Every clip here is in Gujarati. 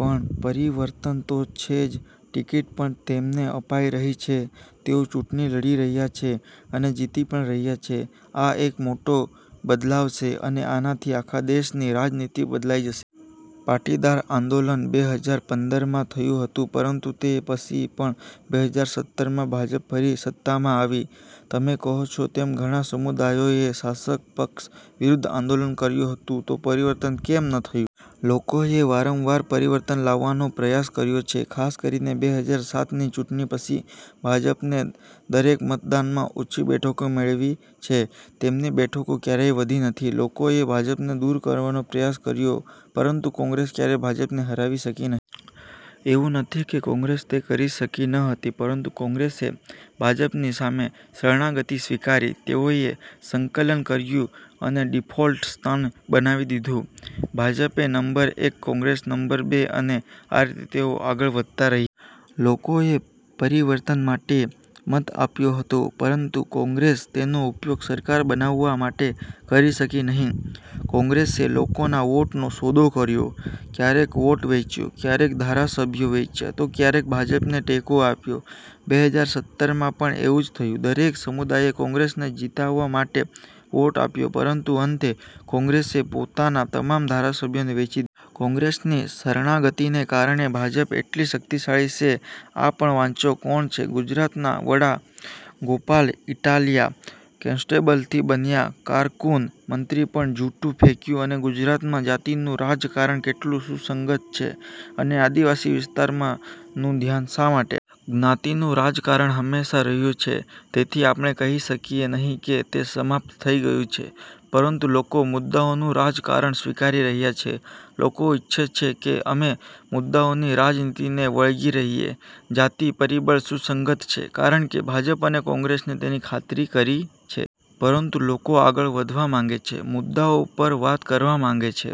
પણ પરિવર્તન તો છે જ ટિકિટ પણ તેમને અપાઈ રહી છે, તેઓ ચૂંટણી લડી રહ્યા છે અને જીતી પણ રહ્યા છે. આ એક મોટો બદલાવ છે અને આનાથી આખા દેશની રાજનીતિ બદલાઈ જશે. પાટીદાર આંદોલન બેહજાર પંદર માં થયું હતું, પરંતુ તે પછી પણ બેહજાર સત્તર માં ભાજપ ફરી સત્તામાં આવી. તમે કહો છો તેમ ઘણા સમુદાયોએ શાસક પક્ષ વિરુદ્ધ આંદોલન કર્યું હતું. તો પરિવર્તન કેમ ન થયું? લોકોએ વારંવાર પરિવર્તન લાવવાનો પ્રયાસ કર્યો છે. ખાસ કરીને બેહજાર સાત ની ચૂંટણી પછી ભાજપને દરેક મતદાનમાં ઓછી બેઠકો મેળવી છે. તેમની બેઠકો ક્યારેય વધી નથી. લોકોએ ભાજપને દૂર કરવાનો પ્રયાસ કર્યો પરંતુ કોંગ્રેસ ક્યારેય ભાજપને હરાવી શકી નહીં. એવું નથી કે કોંગ્રેસ તે કરી શકી ન હતી. પરંતુ કોંગ્રેસે ભાજપની સામે શરણાગતિ સ્વીકારી, તેઓએ સંકલન કર્યું અને ડિફોલ્ટ સ્થાન બનાવી લીધું. ભાજપે નંબર એક, કોંગ્રેસ નંબર બે અને આ રીતે તેઓ આગળ વધતા રહ્યા. લોકોએ પરિવર્તન માટે મત આપ્યો હતો. પરંતુ કોંગ્રેસ તેનો ઉપયોગ સરકાર બનાવવા માટે કરી શકી નહીં. કોંગ્રેસે લોકોના વોટનો સોદો કર્યો, ક્યારેક વોટ વેચ્યા, ક્યારેક ધારાસભ્યો વેચ્યા તો ક્યારેક ભાજપને ટેકો આપ્યો. બેહજાર સત્તર માં પણ એવું જ થયું, દરેક સમુદાયે કોંગ્રેસને જીતવા માટે વોટ આપ્યો પરંતુ અંતે કોંગ્રેસે પોતાના તમામ ધારાસભ્યોને વેચી દીધા. કોંગ્રેસની શરણાગતિને કારણે ભાજપ એટલી શક્તિશાળી છે. આ પણ વાંચો, કોણ છે ગુજરાતના વડા ગોપાલ ઇટાલિયા? કોન્સ્ટેબલથી બન્યા કારકુન, મંત્રી પર જૂતું ફેંક્યું અને ગુજરાતમાં જાતિનું રાજકારણ કેટલું સુસંગત છે? અને આદિવાસી વિસ્તારોમાં નું ધ્યાન શા માટે? જ્ઞાતિનું રાજકારણ હંમેશા રહ્યું છે. તેથી આપણે કહી શકીએ નહીં કે તે સમાપ્ત થઈ ગયું છે. પરંતુ લોકો મુદ્દાઓનું રાજકારણ સ્વીકારી રહ્યા છે. લોકો ઇચ્છે છે કે અમે મુદ્દાઓની રાજનીતિને વળગી રહીએ. જાતિ પરિબળ સુસંગત છે કારણ કે ભાજપ અને કોંગ્રેસે તેની ખાતરી કરી છે. પરંતુ લોકો આગળ વધવા માંગે છે. મુદ્દાઓ પર વાત કરવા માંગે છે.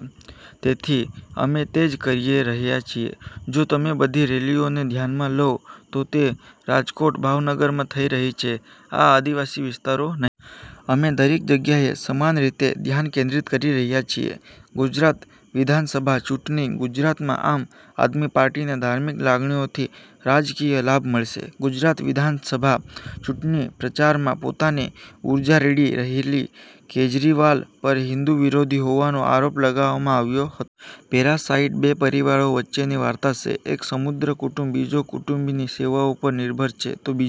તેથી અમે તે જ કરી રહ્યા છીએ. જો તમે બધી રેલીઓને ધ્યાનમાં લો, તો તે રાજકોટ, ભાવનગરમાં થઈ રહી છે, આ આદિવાસી વિસ્તારો નથી. અમે દરેક જગ્યાએ સમાન રીતે ધ્યાન કેન્દ્રિત કરી રહ્યા છીએ. ગુજરાત વિધાનસભા ચૂંટણી, ગુજરાતમાં આમ આદમી પાર્ટીને ધાર્મિક લાગણીથી રાજકીય લાભ મળશે! ગુજરાત વિધાનસભા ચૂંટણી પ્રચારમાં પોતાની ઊર્જા રેડી રહેલા કેજરીવાલ પર હિન્દુ વિરોધી હોવાનો આરોપ લગાવવામાં આવ્યો હતો. પેરાસાઇટ બે પરિવારો વચ્ચેની વાર્તા છે. એક સમૃદ્ધ કુટુંબ બીજા કુટુંબની સેવાઓ પર નિર્ભર છે, તો બીજું